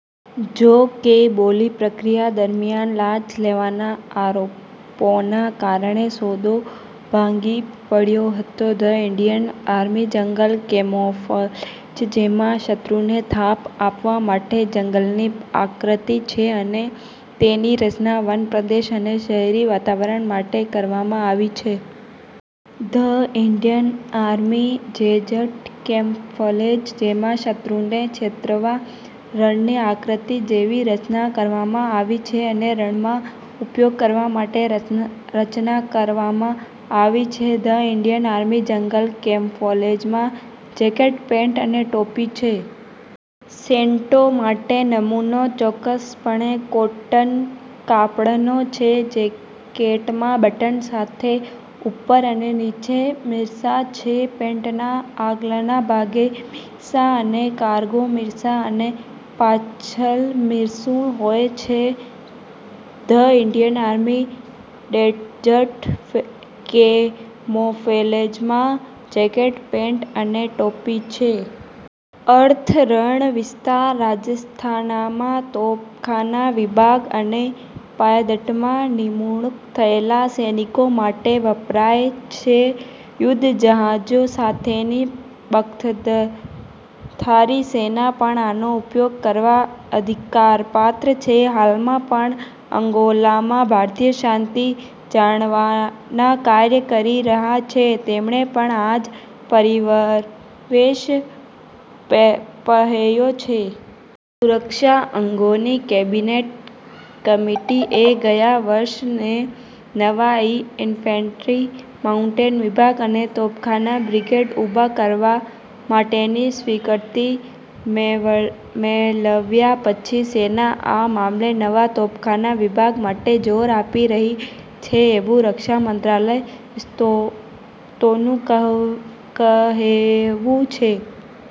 જો કે બોલી પ્રક્રિયા દરમિયાન લાંચ લેવાના આરોપોના કારણે સોદો ભાંગી પડયો હતો. The Indian army jungle camouflage જેમાં શત્રુને થાપ આપવા માટે જંગલની આકૃતિ છે અને તેેની રચના વનપ્રદેશ અને શહેરી વાતાવરણ માટે કરવામાં આવી છે. The Indian army desert camouflage, જેમાં શત્રુને છેતરવા રણની આકૃતિ જેવી રચના કરવામાં આવી છે અને રણમાં ઉપયોગ કરવા માટે રચના કરવામાં આવી છે. ધ ઈન્ડિયન આર્મી જંગલ કેમોફ્લેજમાં જેકેટ, પેન્ટ અને ટોપી છે. સૈન્ટૌ માટે નમૂનો ચોક્કસપણે કોટન કાપડનો છે. જેકેટમાં બટન સાથે ઉપર અને નીચે ખિસ્સા છે. પેન્ટના આગળના ભાગે ખિસ્સા અને કારગો ખિસ્સા અને પાછળ મિસ્સું હોય છે. ધ ઈન્ડિયન આર્મી ડેઝર્ટ કેમોફ્લેજમાં જેકેટ, પેન્ટ અને ટોપી છે. અર્થ રણ વિસ્તાર રાજસ્થાનમાં તોપખાના વિભાગ અને પાયલટમાં નિમણૂક થયેલા સૈનિકો માટે વપરાય છે. યુદ્ધ જહાજો સાથેની બખ્કતરધારી સેના પણ આનો ઉપયોગ કરવા અધિકારપાત્ર છે. હાલમાં પણ અંગોલામાં ભારતીય શાંતિ જાણવાના કાર્ય કરી રહ્યા છે, તેમણે પણ આજ પહેરીવશ પહેર્યો છે. સુરક્ષા અંગેની કેબિનેટ કમિટિ એ ગયા વર્ષે બે નવા ઈન્ફેન્ટ્રી, માઉટેન વિભાગ અને તોપખાના બ્રિગેડ ઊભા કરવા માટેની સ્વીકૃતિ મેળવ્યા પછી, સેના આ મામલે નવા તોપખાના વિભાગ માટે જોર આપી રહી છે, એવું રક્ષા મંત્રાલય સ્ત્રોતોનું કહેવું છે.